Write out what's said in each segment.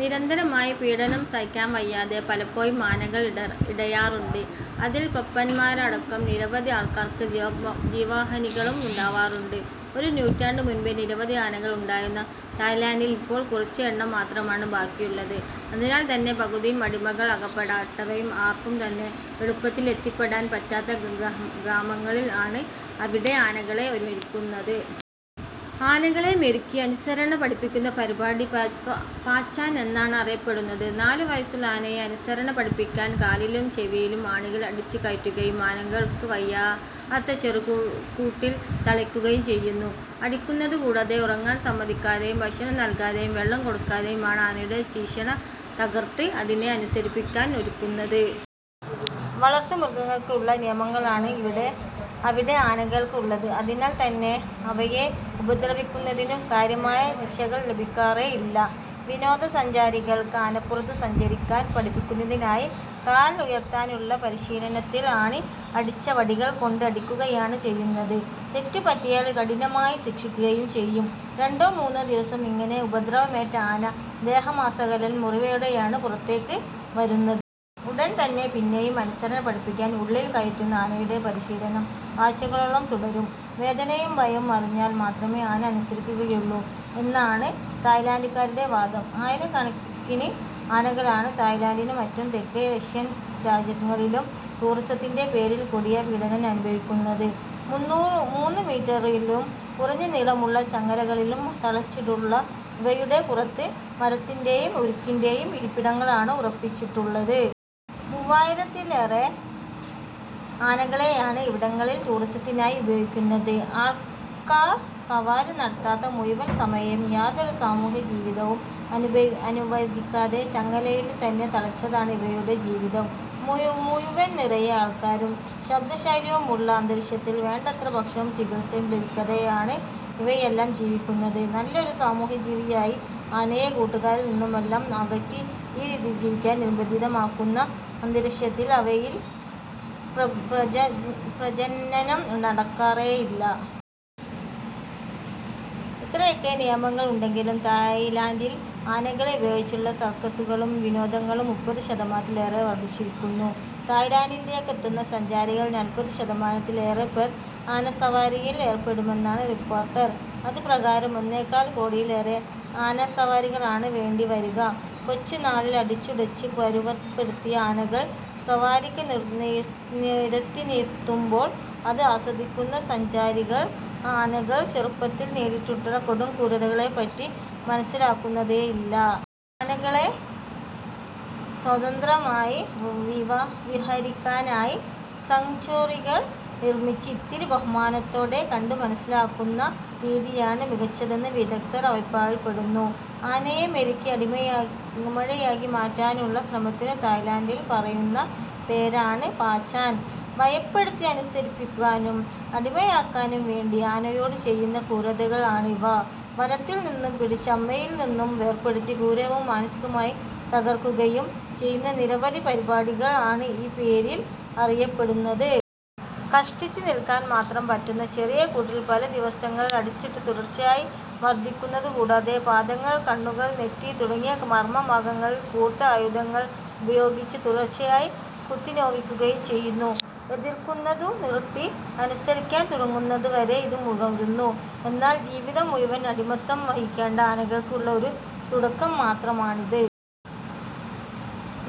നിരന്തരമായ പീഡനം സഹിക്കവയ്യാതെ പലപ്പോഴും ആനകൾ ഇടയാറുണ്ട്, അതിൽ പാപ്പാന്മാരടക്കം നിരവധി ആൾക്കാർക്ക് ജീവഹാനികളും ഉണ്ടാവാറുണ്ട്. ഒരു നൂറ്റാണ്ടു മുൻപേ നിരവധി ആനകൾ ഉണ്ടായിരുന്ന തായിലൻ്റിൽ ഇപ്പോൾ കുറച്ച് എണ്ണം മാത്രമാണ് ബാക്കിയുള്ളത്, അതിനാൽ തന്നെ പകുതിയും അടിമകൾ ആക്കപ്പെട്ടവയും. ആർക്കും തന്നെ എളുപ്പത്തിൽ എത്തിപ്പെടാൻ പറ്റാത്ത ഗ്രാമങ്ങളിൽ ആണ് അവിടെ ആനകളെ മെരുക്കുന്നത്. ആനകളെ മെരുക്കി അനുസരണ പഠിപ്പിക്കുന്ന പരിപാടി പജാൻ എന്നാണ് അറിയപ്പെടുന്നത്. നാലു വയസ്സുള്ള ആനയെ അനുസരണ പഠിപ്പിക്കാൻ കാലിലും ചെവിയിലും ആണികൾ അടിച്ചുകയറ്റുകയും അനങ്ങാൻ വയ്യാത്ത ചെറുകൂട്ടിൽ തളയ്ക്കുകയും ചെയ്യുന്നു. അടിക്കുന്നതു കൂടാതെ ഉറങ്ങാൻ സമ്മതിക്കാതെയും, ഭക്ഷണം നൽകാതെയും, വെള്ളം കൊടുക്കാതെയും ആണ് ആനയുടെ ധിഷണ തകർത്ത് അതിനെ അനുസരിപ്പിക്കാൻ ഒരുക്കുന്നത്. വളർത്തുമൃഗങ്ങൾക്ക് ഉള്ള നിയമങ്ങളാണ് അവിടെ ആനകൾക്കും ഉള്ളത്, അതിനാൽ തന്നെ അവയെ ഉപദ്രവിക്കുന്നതിനും കാര്യമായ ശിക്ഷകൾ ലഭിക്കാറേ ഇല്ല. വിനോദസഞ്ചാരികൾക്ക് ആനപ്പുറത്തു സഞ്ചരിക്കാൻ പഠിപ്പിക്കുന്നതിനായി കാൽ ഉയർത്താനുള്ള പരിശീലനത്തിൽ ആണി അടിച്ച വടികൾ കൊണ്ട് അടിക്കുകയാണ് ചെയ്യുന്നത്. തെറ്റു പറ്റിയാൽ കഠിനമായി ശിക്ഷിക്കുകയും ചെയ്യും. രണ്ടോ മൂന്നോ ദിവസം ഇങ്ങനെ ഉപദ്രവമേറ്റ ആന ദേഹമാസകലം മുറിവോടെയാണ് പുറത്തേക്ക് വരുന്നത്. ഉടൻ തന്നെ പിന്നെയും അനുസരണ പഠിപ്പിക്കാൻ ഉള്ളിൽ കയറ്റുന്ന ആനയുടെ പരിശീലനം ആഴ്ചകളോളം തുടരും. വേദനയും ഭയവും അറിഞ്ഞാൽ മാത്രമേ ആന അനുസരിക്കുകയുള്ളൂ എന്നാണ് തായിലൻ്റുകാരുടെ വാദം. ആയിരക്കണക്കിന് ആനകളാണ് തായിലൻ്റിലും മറ്റു തെക്കേ ഏഷ്യൻ രാജ്യങ്ങളിലും ടൂറിസത്തിൻ്റെ പേരിൽ കൊടിയപീഡനം അനുഭവിക്കുന്നത്. മുന്നൂറു മൂന്നുമീറ്ററിലും കുറഞ്ഞ നീളമുള്ള ചങ്ങലകളിൽ തളച്ചിട്ടുള്ള ഇവയുടെ പുറത്ത് മരത്തിൻ്റെയും ഉരുക്കിൻ്റെയും ഇരിപ്പിടങ്ങളാണ് ഉറപ്പിച്ചിട്ടുള്ളത്. മൂവായിരത്തിലേറെ ആനകളെയാണ് ഇവിടങ്ങളിൽ ടൂറിസത്തിനായി ഉപയോഗിക്കുന്നത്. ആൾക്കാർ സവാരി നടത്താത്ത മുഴുവൻ സമയവും യാതൊരു സാമൂഹ്യജീവിതവും അനുവദിക്കാതെ ചങ്ങലയിൽ തന്നെ തളച്ചാണ് ഇവയുടെ ജീവിതം മുഴുവൻ. നിറയെ ആൾക്കാരും ശബ്ദശല്യവുമുള്ള അന്തരീക്ഷത്തിൽ വേണ്ടത്ര ഭക്ഷണവും ചികിത്സയും ലഭിക്കാതെയാണ് ഇവയെല്ലാം ജീവിക്കുന്നത്. നല്ലൊരു സാമൂഹ്യജീവിയായ ആനയെ കൂട്ടുകാരിൽ നിന്നുമെല്ലാം അകറ്റി ഈ രീതിയിൽ ജീവിക്കാൻ നിർബന്ധിതമാക്കുന്ന അന്തരീക്ഷത്തിൽ അവയിൽ പ്രജ പ്രജനനം നടക്കാറേയില്ല. എത്രയൊക്കെ നിയമങ്ങൾ ഉണ്ടെങ്കിലും തായിലൻ്റിൽ ആനകളെ ഉപയോഗിച്ചുള്ള സർക്കസ്സുകളും വിനോദങ്ങളും മുപ്പത് ശതമാനത്തിലേറെ വർദ്ധിച്ചിരിക്കുന്നു. തായിലൻ്റിലേക്കെത്തുന്ന സഞ്ചാരികളിൽ നാല്പത് ശതമാനത്തിലേറെപ്പേർ ആനസവാരിയിൽ ഏർപ്പെടുമെന്നാണ് റിപ്പോർട്ട്. അതുപ്രകാരം ഒന്നേകാൽ കോടിയിലേറെ ആനസവാരികളാണ് വേണ്ടിവരിക. കൊച്ചുനാളിലേ അടിച്ചുടച്ച് പരുവപ്പെടുത്തിയ ആനകൾ സവാരിക്ക് നിരത്തിനിർത്തുമ്പോൾ അത് ആസ്വദിക്കുന്ന സഞ്ചാരികൾ ആ ആനകൾ ചെറുപ്പത്തിൽ നേരിട്ടിട്ടുള്ള കൊടുംക്രൂരതകളെപ്പറ്റി മനസ്സിലാക്കുന്നതേയില്ല. ആനകളെ സ്വന്തന്ത്രമായി വിഹരിക്കാനായി സാങ്ച്വറികൾ നിർമ്മിച്ച് ഇത്തിരി ബഹുമാനത്തോടെ കണ്ടുമനസ്സിലാക്കാവുന്ന രീതിയാണ് മികച്ചതെന്ന് വിദഗ്ധ്ർ അഭിപ്രായപ്പെടുന്നു. ആനയെ മെരുക്കി അടിമയാക്കിമാറ്റാനുള്ള ശ്രമത്തിനു തായിലൻ്റിൽ പറയുന്ന പേരാണ് പജാൻ. ഭയപ്പെടുത്തി അനുസരിപ്പിക്കാനും അടിമയാക്കാനും വേണ്ടി ആനയോടു ചെയ്യുന്ന ക്രൂരതകൾ ആണ് ഇവ. വനത്തിൽ നിന്നും പിടിച്ച് അമ്മയിൽ നിന്നും വേർപേടുത്തി ക്രൂരവും മാനസികമായി തകർക്കുകയും ചെയ്യുന്ന നിരവധി പരിപാടികൾ ആണ് ഈ പേരിൽ അറിയപ്പെടുന്നത്. കഷ്ടിച്ച് നിൽക്കാൻ മാത്രം പറ്റുന്ന ചെറിയ കൂട്ടിൽ പല ദിവസങ്ങൾ അടച്ചിട്ട് തുടർച്ചയായി മർദ്ദിക്കുന്നതു കൂടാതെ പാദങ്ങൾ, കണ്ണുകൾ, നെറ്റി തുടങ്ങിയ മർമ്മ ഭാഗങ്ങളിൽ കൂർത്ത ആയുധങ്ങൾ ഉപയോഗിച്ച് തുടർച്ചയായി കുത്തിനോവിക്കുകയും ചെയ്യുന്നു. എതിർക്കുന്നതു നിർത്തി അനുസരിക്കാൻ തുടങ്ങുന്നതുവരെ ഇത് തുടരുന്നു. എന്നാൽ ജീവിതം മുഴുവൻ അടിമത്തം വഹിക്കേണ്ട ആനകൾക്കുള്ള ഒരു തുടക്കം മാത്രമാണിത്.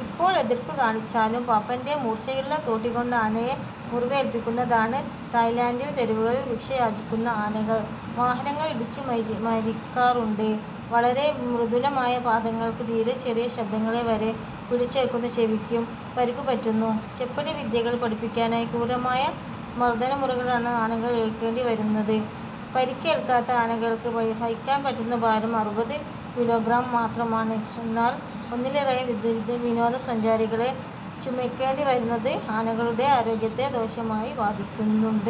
എപ്പോൾ എതിർപ്പ് കാണിച്ചാലും പാപ്പാൻ്റെ മൂർച്ചയുള്ള തോട്ടികൊണ്ട് ആനയെ മുറിവേൽപ്പിക്കുന്നതാണ്. തായിലൻ്റിൽ തെരുവുകളിൽ ഭിക്ഷ യാചിക്കുന്ന ആനകൾ വാഹനങ്ങൾ ഇടിച്ച് മരിക്കാറുണ്ട്. വളരെ മൃദുലമായ പാദങ്ങൾക്കും തീരെച്ചെറിയ ശബ്ദങ്ങളെ വരെ പിടിച്ചെടുക്കുന്ന ചെവിക്കും പരിക്കുപറ്റുന്നു. ചെപ്പടിവിദ്യകൾ പഠിപ്പിക്കാനായി ക്രൂരമായ മർദ്ദനമുറകളാണ് ആനകൾ ഏൽക്കേണ്ടിവരുന്നത്. പരിക്കേൽക്കാതെ ആനകൾക്ക് വഹിക്കാൻ പറ്റുന്ന ഭാരം അറുപത് കിലോഗ്രാം മാത്രമാണ്, എന്നാൽ ഒന്നിലേറെ വിനോദസഞ്ചാരികളെ ചുമക്കേണ്ടിവരുന്നത് ആനകളുടെ ആരോഗ്യത്തെ ദോഷമായി ബാധിക്കുന്നുണ്ട്.